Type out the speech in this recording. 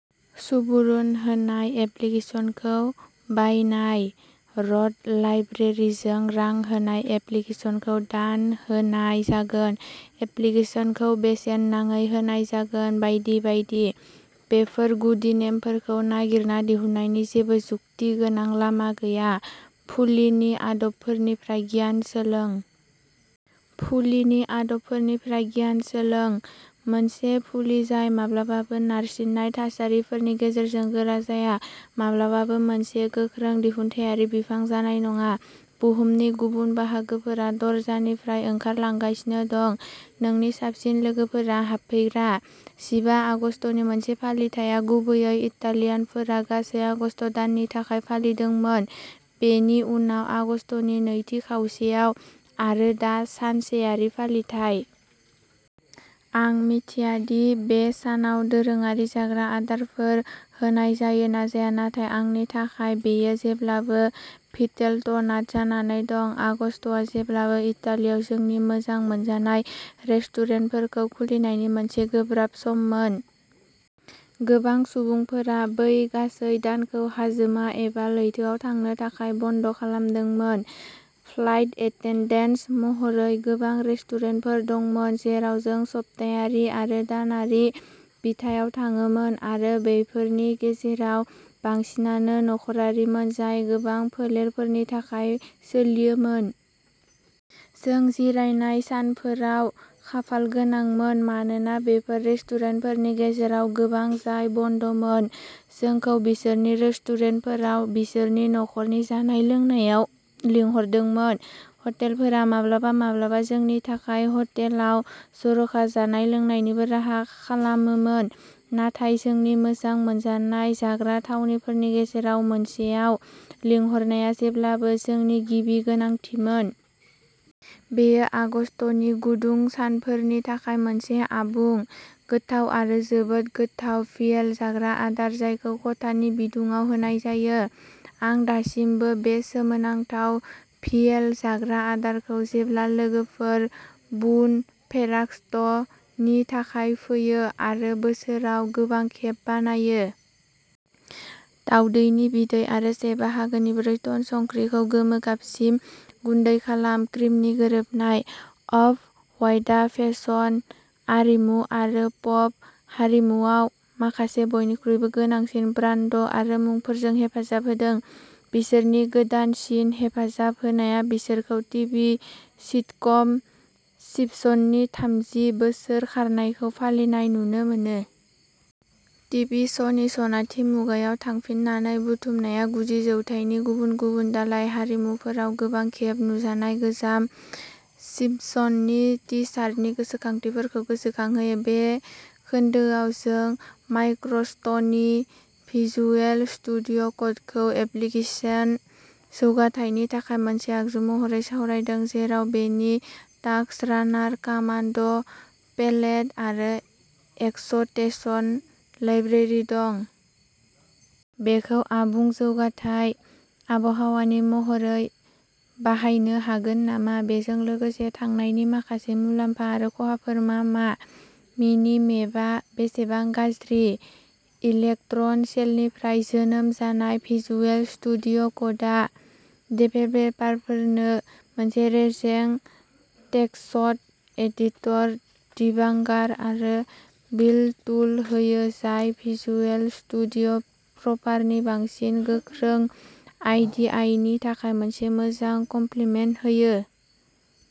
सुबुरुन होनाय एप्लिकेसनखौ बायनाय। र'ड लाइब्रेरिजों रां होनाय एप्लिकेसनखौ दान होनाय जागोन, एप्लिकेसनखौ बेसेन नाङै होनाय जागोन, बायदि बायदि। बेफोर गुदि नेमफोरखौ नागिरना दिहुननायनि जेबो जुक्ति गोनां लामा गैया। फुलिनि आदबफोरनिफ्राय गियान सोलों। फुलिनि आदबफोरनिफ्राय गियान सोलों। मोनसे फुलि जाय माब्लाबाबो नारसिननाय थासारिफोरनि गेजेरजों गोरा जाया, माब्लाबाबो मोनसे गोख्रों दिहुनथायारि बिफां जानाय नङा। बुहुमनि गुबुन बाहागोफोरा दरजानिफ्राय ओंखारलांगासिनो दं, नोंनि साबसिन लोगोफोरा हाबफैग्रा। जिबा आगस्तनि मोनसे फालिथाइया गुबैयै इटालियानफोरा गासै आगस्त दाननि थाखाय फालिदोंमोन, बेनि उनाव आगस्तनि नैथि खावसेयाव आरो दा सानसेयारि फालिथाइ। आं मिथिया दि बे सानाव दोरोङारि जाग्रा आदारफोर होनाय जायो ना जाया, नाथाय आंनि थाखाय बेयो जेब्लाबो " भिटेलट'नाट " जानानै दं। आगस्तआ जेब्लाबो इटालियाव जोंनि मोजां मोनजानाय रेस्टुरेन्टफोरखौ खुलिनायनि मोनसे गोब्राब सम मोन। गोबां सुबुंफोरा बै गासै दानखौ हाजोमा एबा लैथोआव थांनो थाखाय बन्द' खालामदोंमोन। फ्लाइट एटेनडेन्ट महरै गोबां रेस्टुरेन्टफोर दंमोन जेराव जों सप्तायारि आरो दानारि बिथायाव थाङोमोन आरो बेफोरनि गेजेराव बांसिनानो नखरारिमोन जाय गोबां फोलेरफोरनि थाखाय सोलियोमोन। जों जिरायनाय सानफोराव खाफालगोनांमोन मानोना बेफोर रेस्टुरेन्टफोरनि गेजेराव गोबां जाय बन्द'मोन, जोंखौ बिसोरनि रेस्टुरेन्टफोराव बिसोरनि नखरनि जानाय-लोंनायाव लिंहरदोंमोन। हटेलफोरा माब्लाबा-माब्लाबा जोंनि थाखाय हटेलाव जर'खा जानाय-लोंनायनिबो राहा खालामोमोन, नाथाय जोंनि मोजां मोनजानाय जाग्रा थावनिफोरनि गेजेराव मोनसेआव लिंहरनाया जेब्लाबो जोंनि गिबि गोनांथिमोन। बेयो आगस्तनि गुदुं सानफोरनि थाखाय मोनसे आबुं, गोथाव आरो जोबोद गोथाव भियेल जाग्रा आदार, जायखौ खथानि बिदुङाव होनाय जायो। आं दासिमबो बे सोमोनांथाव भियेल जाग्रा आदारखौ जेब्ला लोगोफोर " बुन फेरागस्ट' " नि थाखाय फैयो आरो बोसोराव गोबां खेब बानायो। दाउदैनि बिदै आरो से बाहागोनि ब्रै टन संख्रिखौ गोमो गाबसिम गुन्दै खालाम। क्रिमनि गोरोबनाय। अफ-हवाइटआ फेसन, आरिमु आरो पप हारिमुआव माखासे बयनिख्रुइबो गोनांसिन ब्रान्ड आरो मुंफोरजों हेफाजाब होदों। बिसोरनि गोदानसिन हेफाजाब होनाया बिसोरखौ टिभि सिटकम सिम्पसननि थामजि बोसोर खारनायखौ फालिनाय नुनो मोनो। टिभि श'नि सनाथि मुगायाव थांफिननानै, बुथुमनाया गुजि जौथाइनि गुबुन गुबुन दालाय-हारिमुफोराव गोबां खेब नुजानाय गोजाम सिम्पसननि टि-शार्टनि गोसोखांथिफोरखौ गोसोखांहोयो। बे खोन्दोआव, जों माइक्रसफ्टनि भिजुएल स्टुडिय' क'डखौ एप्लिकेसन जौगाथायनि थाखाय मोनसे आगजु महरै सावरायदों, जेराव बेनि टास्क रानार, कमान्ड पेलेट आरो एक्सटेनसन लाइब्रेरि दं। बेखौ आबुं जौगाथाय आबहावानि महरै बाहायनो हागोन नामा? बेजों लोगोसे थांनायनि माखासे मुलाम्फा आरो खहाफोर मा मा? मिनि-मेपआ बेसेबां गाज्रि? इलेक्ट्रन सेलनिफ्राय जोनोम जानाय, भिजुएल स्टुडिय' क'डआ डेभेलपारफोरनो मोनसे रेजें टेक्सट एडिटर, डिबांगार आरो बिल्ड टुल होयो जाय भिजुएल स्टुडिय' प्रपारनि बांसिन गोख्रों आइ डि इ नि थाखाय मोनसे मोजां कमप्लिमेन्ट होयो।